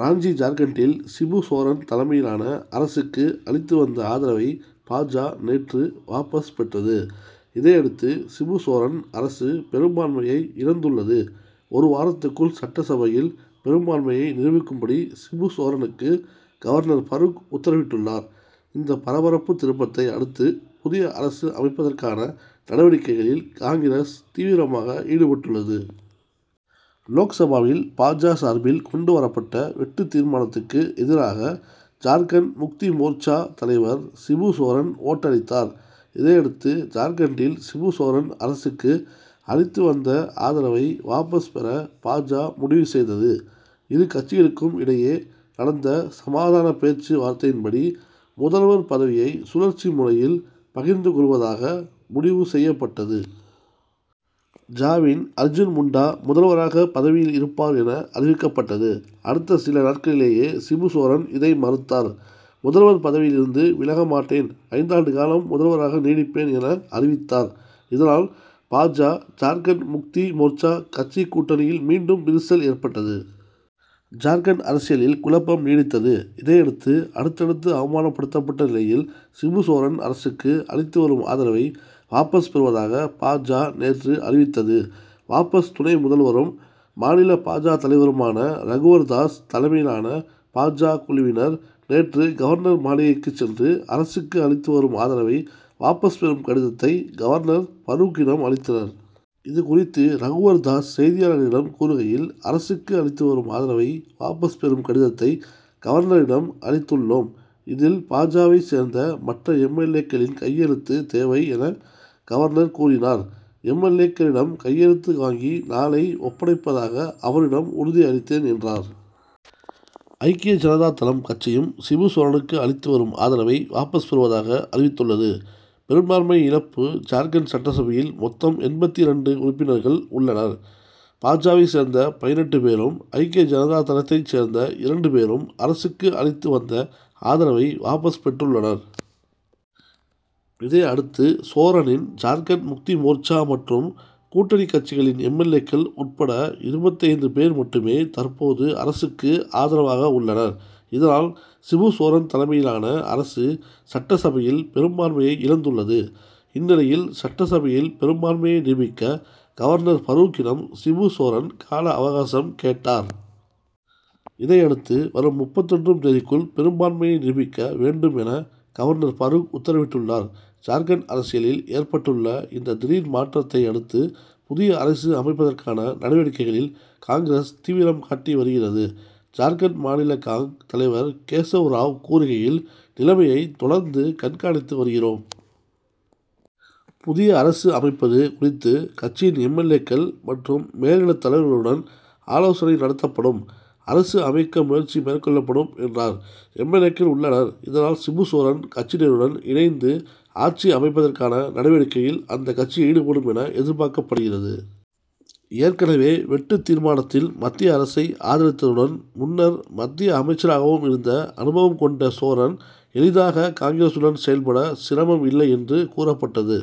ராஞ்சி ஜார்க்கண்டில் சிபு சோரன் தலைமையிலான அரசுக்கு அளித்து வந்த ஆதரவை, பா. ஜ. நேற்று வாபஸ் பெற்றது. இதையடுத்து, சிபு சோரன் அரசு பெரும் பான்மையை இழந்துள்ளது. ஒரு வாரத்துக்குள் சட்டசபையில் பெரும்பான்மையை நிரூபிக்கும்படி சிபு சோரனுக்கு, கவர்னர் பரூக் உத்தரவிட்டுள்ளார். இந்த பரபரப்பு திருப்பத்தை அடுத்து, புதிய அரசு அமைப்பதற்கான நடவடிக்கைகளில் காங்கிரஸ் தீவிரமாக ஈடுபட்டுள்ளது. லோக்சபாவில் பா. ஜ. சார்பில் கொண்டு வரப்பட்ட வெட்டுத் தீர்மானத்துக்கு எதிராக ஜார்க்கண்ட் முக்தி மோர்ச்சா தலைவர் சிபு சோரன் ஓட்டளித்தார். இதையடுத்து, ஜார்க் கண்ட்டில் சிபு சோரன் அரசுக்கு அளித்து வந்த ஆதரவை வாபஸ் பெற, பா. ஜ. முடிவு செய்தது. இரு கட்சிகளுக்கும் இடையே நடந்த சமாதான பேச்சு வார்த்தையின்படி, முதல்வர் பதவியை சுழற்சி முறையில் பகிர்ந்து கொள்வதாக முடிவு செய்யப்பட்டது. ஜ.வின் அர்ஜுன் முண்டா முதல்வராக பதவியில் இருப்பார் என அறிவிக்கப் பட்டது. அடுத்த சில நாட்களிலேயே சிபு சோரன் இதை மறுத்தார். முதல்வர் பதவியில் இருந்து விலக மாட்டேன் ஐந்தாண்டு காலம் முதல்வராக நீடிப்பேன் என, அறிவித்தார். இதனால், பா. ஜ., ஜார்க்கண்ட் முக்தி மோர்ச்சா கட்சி கூட்டணியில் மீண்டும் விரிசல் ஏற்பட்டது. ஜார்க்கண்ட் அரசியலில் குழப்பம் நீடித்தது. இதையடுத்து, அடுத்தடுத்து அவமானப்படுத்தப்பட்ட நிலையில், சிபு சோரன் அரசுக்கு அளித்து வரும் ஆதரவை வாபஸ் பெறுவதாக பா. ஜ., நேற்று அறிவித்தது. வாபஸ் துணை முதல்வரும், மாநில பா. ஜ. தலைவருமான ரகுவர் தாஸ் தலைமையிலான பா. ஜ. குழுவினர், நேற்று கவர்னர் மாளிகைக்கு சென்று, அரசுக்கு அளித்து வரும் ஆதரவை வாபஸ் பெறும் கடிதத்தை, கவர்னர் பரூக்கிடம் அளித்தனர். இதுகுறித்து ரகுவர் தாஸ் செய்தியாளர்களிடம் கூறுகையில், அரசுக்கு அளித்து வரும் ஆதரவை வாபஸ் பெறும் கடிதத்தை கவர்னரிடம் அளித்துள் ளோம். இதில், பா. ஜ.வைச் சேர்ந்த மற்ற எம். எல். ஏ.,க்களின் கையெழுத்து தேவை என, கவர்னர் கூறினார். எம். எல். ஏ.க்களிடம் கையெழுத்து வாங்கி, நாளை ஒப்படைப்பதாக அவரிடம் உறுதி அளித்தேன் என்றார். ஐக்கிய ஜனதா தளம் கட்சியும், சிபு சோரனுக்கு அளித்து வரும் ஆதரவை வாபஸ் பெறுவதாக அறிவித்துள்ளது. பெரும்பான்மை இழப்பு ஜார்க்கண்ட் சட்டசபையில் மொத்தம் எண்பத்திரண்டு உறுப்பினர்கள் உள்ளனர். பா. ஜ.வைச் சேர்ந்த பதினெட்டு பேரும், ஐக்கிய ஜனதா தளத்தைச் சேர்ந்த இரண்டு பேரும், அரசுக்கு அளித்து வந்த ஆதரவை வாபஸ் பெற்றுள்ளனர். இதையடுத்து, சோரனின் ஜார்க்கண்ட் முக்தி மோர்ச்சா மற்றும் கூட்டணி கட்சிகளின் எம். எல். ஏ.,க்கள் உட்பட இருபத்தைந்து பேர் மட்டுமே தற்போது அரசுக்கு ஆதரவாக உள்ளனர். இதனால் சிபு சோரன் தலைமையிலான அரசு, சட்டசபையில் பெரும்பான்மையை இழந்துள்ளது. இந்நிலையில், சட்டசபையில் பெரும்பான்மையை நிரூபிக்க கவர்னர் பரூக்கிடம், சிபு சோரன் கால அவகாசம் கேட்டார். இதையடுத்து, வரும் முப்பத்தொன்றும் தேதிக்குள் பெரும்பான்மையை நிரூபிக்க வேண்டும் என, கவர்னர் பரூக் உத்தரவிட்டுள்ளார். ஜார்க்கண்ட் அரசியலில் ஏற்பட்டுள்ள இந்த திடீர் மாற்றத்தை அடுத்து, புதிய அரசு அமைப்பதற்கான நடவடிக்கைகளில் காங்கிரஸ் தீவிரம் காட்டி வருகிறது. ஜார்க்கண்ட் மாநில காங். தலைவர் கேசவ் ராவ் கூறுகையில், நிலைமையை தொடர்ந்து கண்காணித்து வருகிறோம். புதிய அரசு அமைப்பது குறித்து கட்சியின் எம். எல். ஏ.,க்கள் மற்றும் மேலிடத் தலைவர்களுடன் ஆலோசனை நடத்தப்படும். அரசு அமைக்க முயற்சி மேற்கொள்ளப்படும்' என்றார். எல். ஏ.க்கள் உள்ளனர். இதனால் சிபு சோரன் கட்சியினருடன் இணைந்து ஆட்சி அமைப்பதற்கான நடவடிக்கையில் அந்த கட்சி ஈடுபடும் என, எதிர்பார்க்கப்படுகிறது. ஏற்கனவே வெட்டுத் தீர்மானத்தில் மத்திய அரசை ஆதரித்ததுடன், முன்னர் மத்திய அமைச்சராகவும் இருந்த அனுபவம் கொண்ட சோரன் எளிதாக காங்கிரசுடன் செயல்பட சிரமம் இல்லை என்று கூறப்பட்டது.